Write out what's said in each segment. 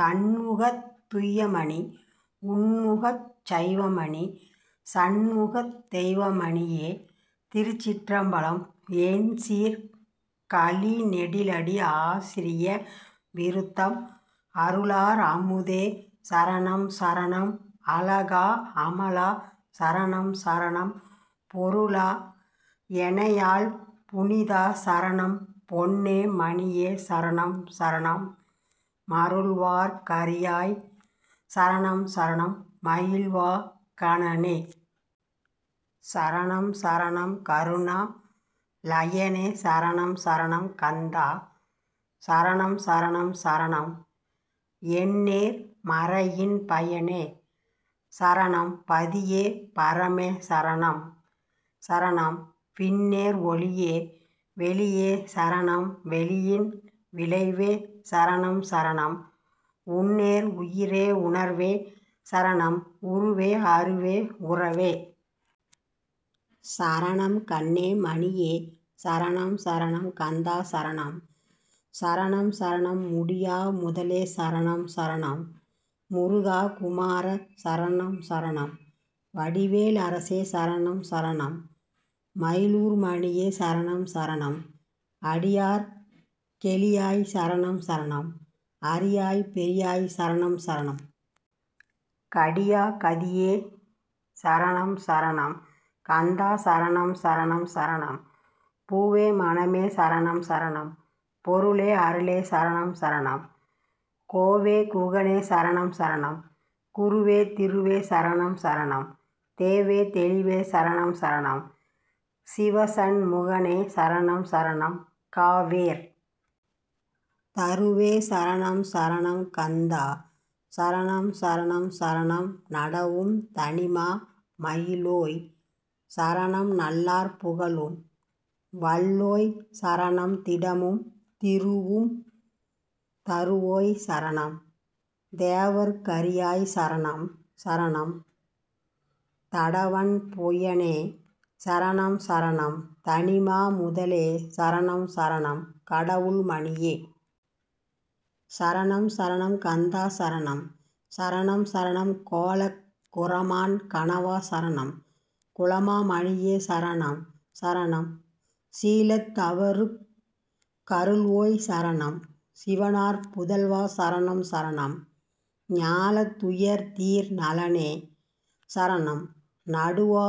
தண்முகத் துய்யமணி உண்முகச் சைவமணி சண்முகத் தெய்வமணியே. திருச்சிற்றம்பலம். எண்சீர்க் கழிநெடிலடி ஆசிரிய விருத்தம் அருளார் அமுதே சரணம் சரணம் அழகா அமலா சரணம் சரணம் பொருளா எனைஆள் புனிதா சரணம் பொன்னே மணியே சரணம் சரணம் மருள்வார்க் கரியாய் சரணம் சரணம் மயில்வா கனனே சரணம் சரணம் கருணா லயனே சரணம் சரணம் கந்தா சரணம் சரணம் சரணம் எண்ணேர் மறையின் பயனே சரணம் பதியே பரமே சரணம் சரணம் விண்ணேர் ஒளியே வெளியே சரணம் வெளியின் விளைவே சரணம் சரணம் உண்ணேர் உயிரே உணர்வே சரணம் உருவே அருவே உறவே சரணம் கண்ணே மணியே சரணம் சரணம் கந்தா சரணம் சரணம் சரணம் முடியா முதலே சரணம் சரணம் முருகா குமரா சரணம் சரணம் வடிவேல் அரசே சரணம் சரணம் மயிலூர் மணியே சரணம் சரணம் அடியார்க் கெளியாய் சரணம் சரணம் அரியாய் பெரியாய் சரணம் சரணம் கடியாக் கதியே சரணம் சரணம் கந்தா சரணம் சரணம் சரணம் பூவே மணமே சரணம் சரணம் பொருளே அருளே சரணம் சரணம் கோவே குகனே சரணம் சரணம் குருவே திருவே சரணம் சரணம் தேவே தெளிவே சரணம் சரணம் சிவசண் முகனே சரணம் சரணம் காவேர் தருவே சரணம் சரணம் கந்தா சரணம் சரணம் சரணம் நடவும் தனிமா மயிலோய் சரணம் நல்லார் புகழும் வல்லோய் சரணம் திடமும் திருவும் தருவோய் சரணம் தேவர்க் கரியாய் சரணம் சரணம் தடவண் புயனே சரணம் சரணம் தனிமா முதலே சரணம் சரணம் கடவுள் மணியே சரணம் சரணம் கந்தா சரணம் சரணம் சரணம் கோலக் குறமான் கணவா சரணம் குலமா மணியே சரணம் சரணம் சீலத் தவருக் கருள்வோய்சரணம் சிவனார் புதல்வா சரணம் சரணம் ஞாலத் துயர்தீர் நலனே சரணம் நடுவா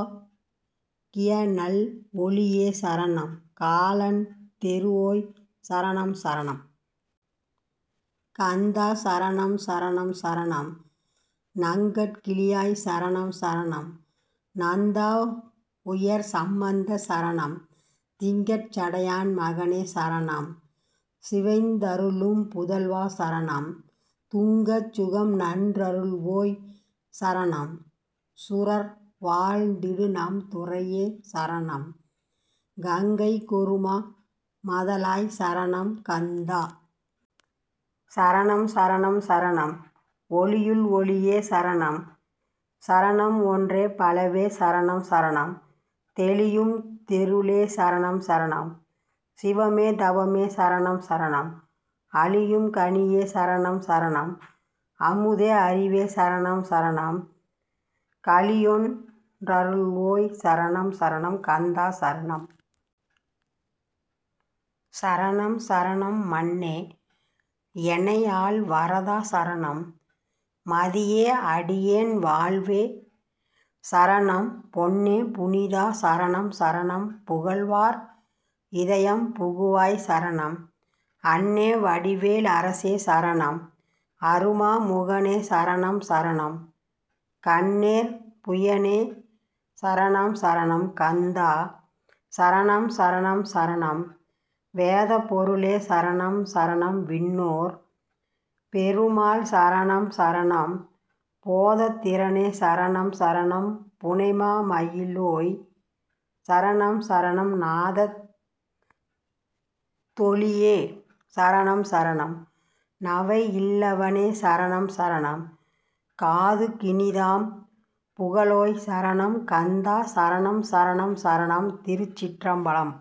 கியநல் ஒளியே சரணம் காலன் தெறுவோய் சரணம் சரணம் கந்தா சரணம் சரணம் சரணம் நங்கட் கிளியாய் சரணம் சரணம் நந்தா உயர்சம் பந்தா சரணம் திங்கட் சடையான் மகனே சரணம் சிவைதந் தருளும் புதல்வா சரணம் துங்கச் சுகம்நன் றருள்வோய் சரணம் சுரர்வாழ்த் திடுநம் துரையே சரணம் கங்கைக் கொருமா மதலாய் சரணம் கந்தா சரணம் சரணம் சரணம் ஒளியுள் ஒளியே சரணம் சரணம் ஒன்றே பலவே சரணம் சரணம் தெளியும் தெருளே சரணம் சரணம் சிவமே தவமே சரணம் சரணம் அளியும் கனியே சரணம் சரணம் அமுதே அறிவே சரணம் சரணம் களியொன் றருள்வோய் சரணம் சரணம் கந்தா சரணம் சரணம் சரணம் மன்னே எனைஆள் வரதா சரணம் மதியே அடியேன் வாழ்வே சரணம் பொன்னே புனிதா சரணம் சரணம் புகழ்வார் இதயம் புகுவாய் சரணம் அன்னே வடிவேல் அரசே சரணம் அறுமா முகனே சரணம் சரணம் கன்னேர் புயனே சரணம் சரணம் கந்தா சரணம் சரணம் சரணம் வேதப் பொருளே சரணம் சரணம் விண்ணோர் பெருமாள் சரணம் சரணம் போதத் திறனே சரணம் சரணம் புனைமா மயிலோய் சரணம் சரணம் நாதத் தொலியே சரணம் சரணம் நவைஇல் லவனே சரணம் சரணம் காதுக் கினிதாம் புகழோய் சரணம் கந்தா சரணம் சரணம் சரணம் திருச்சிற்றம்பலம்.